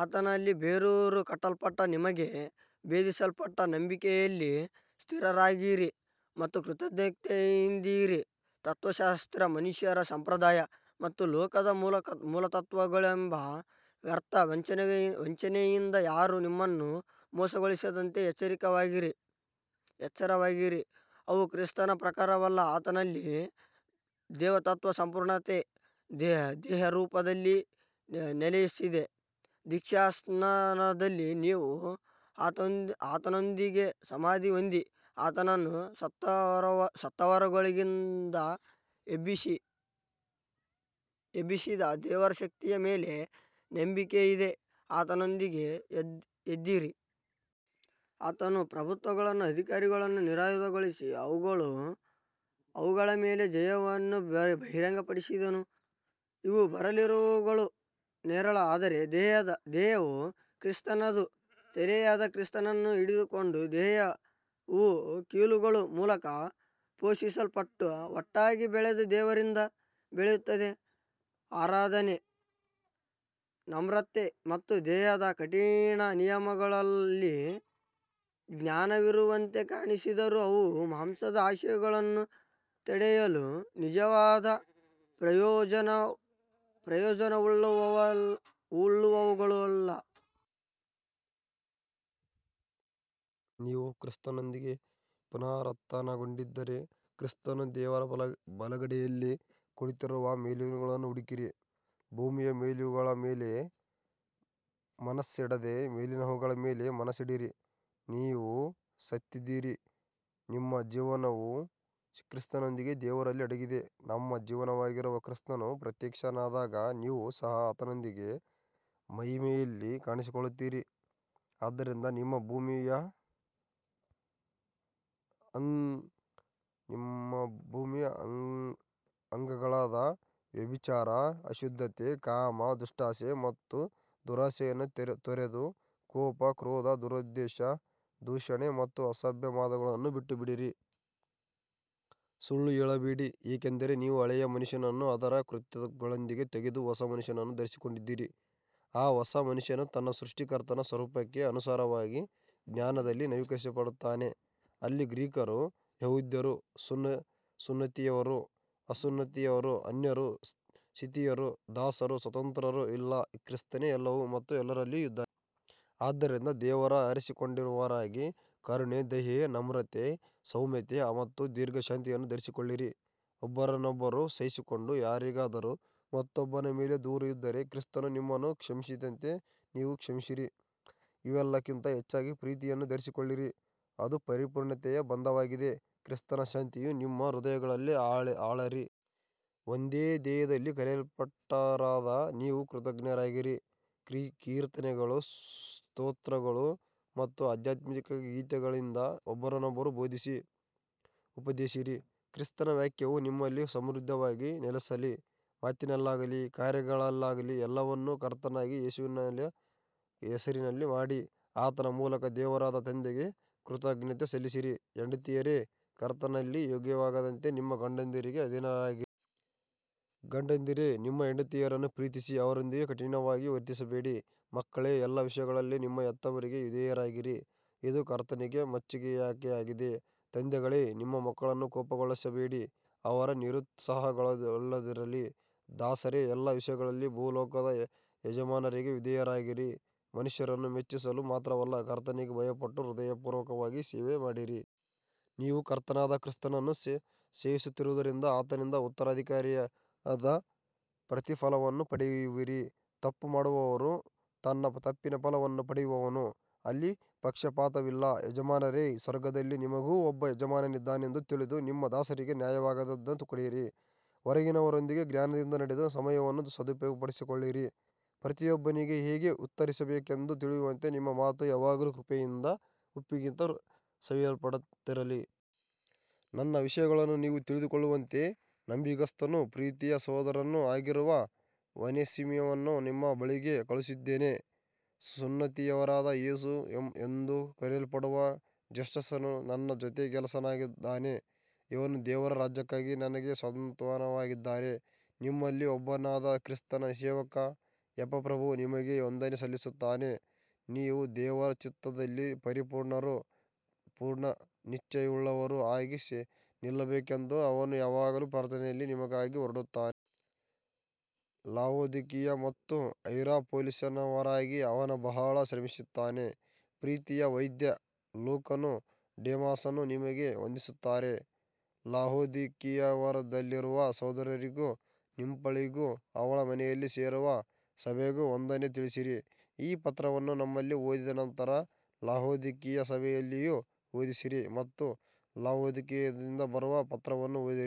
ಆತನಲ್ಲಿ ಬೇರೂರಿ ಕಟ್ಟಲ್ಪಟ್ಟು, ನಿಮಗೆ ಬೋಧಿಸಲ್ಪಟ್ಟ ನಂಬಿಕೆಯಲ್ಲಿ ಸ್ಥಿರರಾಗಿರಿ ಮತ್ತು ಕೃತಜ್ಞತೆಯಿಂದಿರಿ. ತತ್ತ್ವಶಾಸ್ತ್ರ, ಮನುಷ್ಯರ ಸಂಪ್ರದಾಯ ಮತ್ತು ಲೋಕದ ಮೂಲತತ್ತ್ವಗಳೆಂಬ ವ್ಯರ್ಥ ವಂಚನೆಯಿಂದ ಯಾರೂ ನಿಮ್ಮನ್ನು ಮೋಸಗೊಳಿಸದಂತೆ ಎಚ್ಚರವಾಗಿರಿ. ಅವು ಕ್ರಿಸ್ತನ ಪ್ರಕಾರವಲ್ಲ. ಆತನಲ್ಲಿ ದೇವತ್ವದ ಸಂಪೂರ್ಣತೆ ದೇಹರೂಪದಲ್ಲಿ ನೆಲೆಸಿದೆ. ದೀಕ್ಷಾಸ್ನಾನದಲ್ಲಿ ನೀವು ಆತನೊಂದಿಗೆ ಸಮಾಧಿ ಹೊಂದಿ, ಆತನನ್ನು ಸತ್ತವರೊಳಗಿಂದ ಎಬ್ಬಿಸಿದ ದೇವರ ಶಕ್ತಿಯ ಮೇಲಿನ ನಂಬಿಕೆಯಿಂದ ಆತನೊಂದಿಗೆ ಎದ್ದಿದ್ದೀರಿ. ಆತನು ಪ್ರಭುತ್ವಗಳನ್ನೂ ಅಧಿಕಾರಗಳನ್ನೂ ನಿರಾಯುಧಗೊಳಿಸಿ, ಅವುಗಳ ಮೇಲೆ ಜಯವನ್ನು ಬಹಿರಂಗಪಡಿಸಿದನು. ಇವು ಬರಲಿರುವವುಗಳ ನೆರಳು, ಆದರೆ ದೇಹವು ಕ್ರಿಸ್ತನದು. ತಲೆಯಾದ ಕ್ರಿಸ್ತನನ್ನು ಹಿಡಿದುಕೊಂಡು ದೇಹವು ಕೀಲುಗಳ ಮೂಲಕ ಪೋಷಿಸಲ್ಪಟ್ಟು ಒಟ್ಟಾಗಿ ಬೆಳೆದು ದೇವರಿಂದ ಬೆಳೆಯುತ್ತದೆ. ಆರಾಧನೆ, ನಮ್ರತೆ ಮತ್ತು ದೇಹದ ಕಠಿಣ ನಿಯಮಗಳಲ್ಲಿ ಜ್ಞಾನವಿರುವಂತೆ ಕಾಣಿಸಿದರೂ ಅವು ಮಾಂಸದ ಆಸೆಗಳನ್ನು ತಡೆಯಲು ನಿಜವಾದ ಪ್ರಯೋಜನವುಳ್ಳವುಗಳಲ್ಲ. ನೀವು ಕ್ರಿಸ್ತನೊಂದಿಗೆ ಪುನರುತ್ಥಾನಗೊಂಡಿದ್ದರೆ, ಕ್ರಿಸ್ತನು ದೇವರ ಬಲಗಡೆಯಲ್ಲಿ ಕುಳಿತಿರುವ ಮೇಲಿನವುಗಳನ್ನು ಹುಡುಕಿರಿ. ಭೂಮಿಯ ಮೇಲಿನವುಗಳ ಮೇಲೆ ಮನಸ್ಸಿಡದೆ ಮೇಲಿನವುಗಳ ಮೇಲೆ ಮನಸ್ಸಿಡಿರಿ. ನೀವು ಸತ್ತಿದ್ದೀರಿ, ನಿಮ್ಮ ಜೀವವು ಕ್ರಿಸ್ತನೊಂದಿಗೆ ದೇವರಲ್ಲಿ ಅಡಗಿದೆ. ನಮ್ಮ ಜೀವವಾಗಿರುವ ಕ್ರಿಸ್ತನು ಪ್ರತ್ಯಕ್ಷನಾದಾಗ ನೀವು ಸಹ ಆತನೊಂದಿಗೆ ಮಹಿಮೆಯಲ್ಲಿ ಕಾಣಿಸಿಕೊಳ್ಳುವಿರಿ. ಆದ್ದರಿಂದ ನಿಮ್ಮ ಭೂಮಿಯ ಅಂಗಗಳಾದ ವ್ಯಭಿಚಾರ, ಅಶುದ್ಧತೆ, ಕಾಮ, ದುಷ್ಟಾಸೆ ಮತ್ತು ದುರಾಶೆಯನ್ನು ತೊರೆದು, ಕೋಪ, ಕ್ರೋಧ, ದುರುದ್ದೇಶ, ದೂಷಣೆ ಮತ್ತು ಅಸಭ್ಯ ಮಾತುಗಳನ್ನು ಬಿಟ್ಟುಬಿಡಿರಿ. ಸುಳ್ಳು ಹೇಳಬೇಡಿ, ಏಕೆಂದರೆ ನೀವು ಹಳೆಯ ಮನುಷ್ಯನನ್ನು ಅದರ ಕೃತ್ಯಗಳೊಂದಿಗೆ ತೆಗೆದು ಹೊಸ ಮನುಷ್ಯನನ್ನು ಧರಿಸಿಕೊಂಡಿದ್ದೀರಿ. ಆ ಹೊಸ ಮನುಷ್ಯನು ತನ್ನ ಸೃಷ್ಟಿಕರ್ತನ ಸ್ವರೂಪಕ್ಕೆ ಅನುಸಾರವಾಗಿ ಜ್ಞಾನದಲ್ಲಿ ನವೀಕರಿಸಲ್ಪಡುತ್ತಾನೆ. ಅಲ್ಲಿ ಗ್ರೀಕರೂ ಯಹೂದ್ಯರೂ, ಸುನ್ನತಿಯವರೂ ಅಸುನ್ನತಿಯವರೂ, ಅನ್ಯರೂ ಸಿಥಿಯರೂ, ದಾಸರೂ ಸ್ವತಂತ್ರರೂ ಇಲ್ಲ, ಕ್ರಿಸ್ತನೇ ಎಲ್ಲವೂ ಮತ್ತು ಎಲ್ಲರಲ್ಲಿಯೂ ಇದ್ದಾನೆ. ಆದ್ದರಿಂದ ದೇವರ ಆರಿಸಿಕೊಂಡವರಾಗಿ ಕರುಣೆ, ದಯೆ, ನಮ್ರತೆ, ಸೌಮ್ಯತೆ ಮತ್ತು ದೀರ್ಘಶಾಂತಿಯನ್ನು ಧರಿಸಿಕೊಳ್ಳಿರಿ. ಒಬ್ಬರನ್ನೊಬ್ಬರು ಸಹಿಸಿಕೊಂಡು, ಯಾರಿಗಾದರೂ ಮತ್ತೊಬ್ಬನ ಮೇಲೆ ದೂರು ಇದ್ದರೆ ಕ್ರಿಸ್ತನು ನಿಮ್ಮನ್ನು ಕ್ಷಮಿಸಿದಂತೆ ನೀವೂ ಕ್ಷಮಿಸಿರಿ. ಇವೆಲ್ಲಕ್ಕಿಂತ ಹೆಚ್ಚಾಗಿ ಪ್ರೀತಿಯನ್ನು ಧರಿಸಿಕೊಳ್ಳಿರಿ, ಅದು ಪರಿಪೂರ್ಣತೆಯ ಬಂಧವಾಗಿದೆ. ಕ್ರಿಸ್ತನ ಶಾಂತಿಯು ನಿಮ್ಮ ಹೃದಯಗಳಲ್ಲಿ ಆಳಲಿ. ಒಂದೇ ದೇಹದಲ್ಲಿ ಕರೆಯಲ್ಪಟ್ಟವರಾದ ನೀವು ಕೃತಜ್ಞರಾಗಿರಿ. ಕೀರ್ತನೆಗಳು, ಸ್ತೋತ್ರಗಳು ಮತ್ತು ಆಧ್ಯಾತ್ಮಿಕ ಗೀತೆಗಳಿಂದ ಒಬ್ಬರನ್ನೊಬ್ಬರು ಬೋಧಿಸಿ, ಉಪದೇಶಿಸಿರಿ. ಕ್ರಿಸ್ತನ ವಾಕ್ಯವು ನಿಮ್ಮಲ್ಲಿ ಸಮೃದ್ಧವಾಗಿ ನೆಲೆಸಲಿ. ಮಾತಿನಲ್ಲಾಗಲಿ ಕಾರ್ಯದಲ್ಲಾಗಲಿ ಎಲ್ಲವನ್ನೂ ಕರ್ತನಾದ ಯೇಸುವಿನ ಹೆಸರಿನಲ್ಲಿ ಮಾಡಿ, ಆತನ ಮೂಲಕ ದೇವರಾದ ತಂದೆಗೆ ಕೃತಜ್ಞತೆ ಸಲ್ಲಿಸಿರಿ. ಹೆಂಡತಿಯರೇ, ಕರ್ತನಲ್ಲಿ ಯೋಗ್ಯವಾದಂತೆ ನಿಮ್ಮ ಗಂಡಂದಿರಿಗೆ ಅಧೀನರಾಗಿರಿ. ಗಂಡಂದಿರೇ, ನಿಮ್ಮ ಹೆಂಡತಿಯರನ್ನು ಪ್ರೀತಿಸಿ, ಅವರೊಂದಿಗೆ ಕಠಿಣವಾಗಿ ವರ್ತಿಸಬೇಡಿ. ಮಕ್ಕಳೇ, ಎಲ್ಲ ವಿಷಯಗಳಲ್ಲಿ ನಿಮ್ಮ ಹೆತ್ತವರಿಗೆ ವಿಧೇಯರಾಗಿರಿ, ಇದು ಕರ್ತನಿಗೆ ಮೆಚ್ಚಿಕೆಯಾಗಿದೆ. ತಂದೆಗಳೇ, ನಿಮ್ಮ ಮಕ್ಕಳನ್ನು ಕೋಪಗೊಳಿಸಬೇಡಿ, ಅವರು ನಿರುತ್ಸಾಹಗೊಳ್ಳದಿರಲಿ. ದಾಸರೇ, ಎಲ್ಲ ವಿಷಯಗಳಲ್ಲಿ ಭೂಲೋಕದ ಯಜಮಾನರಿಗೆ ವಿಧೇಯರಾಗಿರಿ, ಮನುಷ್ಯರನ್ನು ಮೆಚ್ಚಿಸಲು ಮಾತ್ರವಲ್ಲ, ಕರ್ತನಿಗೆ ಭಯಪಟ್ಟು ಹೃದಯಪೂರ್ವಕವಾಗಿ ಸೇವೆಮಾಡಿರಿ. ನೀವು ಕರ್ತನಾದ ಕ್ರಿಸ್ತನನ್ನು ಸೇವಿಸುತ್ತಿರುವುದರಿಂದ ಆತನಿಂದ ಉತ್ತರಾಧಿಕಾರದ ಪ್ರತಿಫಲವನ್ನು ಪಡೆಯುವಿರಿ. ತಪ್ಪುಮಾಡುವವನು ತನ್ನ ತಪ್ಪಿನ ಫಲವನ್ನು ಪಡೆಯುವನು, ಅಲ್ಲಿ ಪಕ್ಷಪಾತವಿಲ್ಲ. ಯಜಮಾನರೇ, ಸ್ವರ್ಗದಲ್ಲಿ ನಿಮಗೂ ಒಬ್ಬ ಯಜಮಾನನಿದ್ದಾನೆಂದು ತಿಳಿದು ನಿಮ್ಮ ದಾಸರಿಗೆ ನ್ಯಾಯವಾದದ್ದನ್ನು ಕೊಡಿರಿ. ಹೊರಗಿನವರೊಂದಿಗೆ ಜ್ಞಾನದಿಂದ ನಡೆದು, ಸಮಯವನ್ನು ಸದುಪಯೋಗಪಡಿಸಿಕೊಳ್ಳಿರಿ. ಪ್ರತಿಯೊಬ್ಬನಿಗೆ ಹೇಗೆ ಉತ್ತರಿಸಬೇಕೆಂದು ತಿಳಿಯುವಂತೆ ನಿಮ್ಮ ಮಾತು ಯಾವಾಗಲೂ ಕೃಪೆಯಿಂದ, ಉಪ್ಪಿನಿಂದ ಸವಿಯಲ್ಪಟ್ಟಂತಿರಲಿ. ನನ್ನ ವಿಷಯಗಳನ್ನು ನೀವು ತಿಳಿದುಕೊಳ್ಳುವಂತೆ ನಂಬಿಗಸ್ತನೂ ಪ್ರೀತಿಯ ಸಹೋದರನೂ ಆಗಿರುವ ಒನೇಸಿಮನನ್ನು ನಿಮ್ಮ ಬಳಿಗೆ ಕಳುಹಿಸಿದ್ದೇನೆ. ಸುನ್ನತಿಯವರಾದ ಯೇಸು ಎಂದು ಕರೆಯಲ್ಪಡುವ ಜಸ್ಟಸನೂ ನನ್ನ ಜೊತೆಕೆಲಸಗಾರನಾಗಿದ್ದಾನೆ. ಇವರು ದೇವರ ರಾಜ್ಯಕ್ಕಾಗಿ ನನಗೆ ಸಾಂತ್ವನವಾಗಿದ್ದಾರೆ. ನಿಮ್ಮಲ್ಲಿ ಒಬ್ಬನಾದ ಕ್ರಿಸ್ತನ ಸೇವಕ ಎಪಫ್ರನು ನಿಮಗೆ ವಂದನೆ ಸಲ್ಲಿಸುತ್ತಾನೆ. ನೀವು ದೇವರ ಚಿತ್ತದಲ್ಲಿ ಪರಿಪೂರ್ಣರೂ ಪೂರ್ಣನಿಶ್ಚಯವುಳ್ಳವರೂ ಆಗಿ ನಿಲ್ಲಬೇಕೆಂದು ಅವನು ಯಾವಾಗಲೂ ಪ್ರಾರ್ಥನೆಯಲ್ಲಿ ನಿಮಗಾಗಿ ಹೋರಾಡುತ್ತಾನೆ. ಲಾವೊದಿಕೀಯ ಮತ್ತು ಹೈರಾಪೊಲಿಸಿನವರಿಗಾಗಿ ಅವನು ಬಹಳ ಶ್ರಮಿಸುತ್ತಾನೆ. ಪ್ರೀತಿಯ ವೈದ್ಯ ಲೂಕನೂ ಡೆಮಾಸನೂ ನಿಮಗೆ ವಂದಿಸುತ್ತಾರೆ. ಲಾವೊದಿಕೀಯದಲ್ಲಿರುವ ಸಹೋದರರಿಗೂ ನಿಂಫಳಿಗೂ ಅವಳ ಮನೆಯಲ್ಲಿ ಸೇರುವ ಸಭೆಗೂ ವಂದನೆ ತಿಳಿಸಿರಿ. ಈ ಪತ್ರವನ್ನು ನಿಮ್ಮಲ್ಲಿ ಓದಿದ ನಂತರ ಲಾವೊದಿಕೀಯ ಸಭೆಯಲ್ಲಿಯೂ ಓದಿಸಿರಿ ಮತ್ತು ಲಾವೊದಿಕೀಯದಿಂದ ಬರುವ ಪತ್ರವನ್ನೂ ಓದಿರಿ.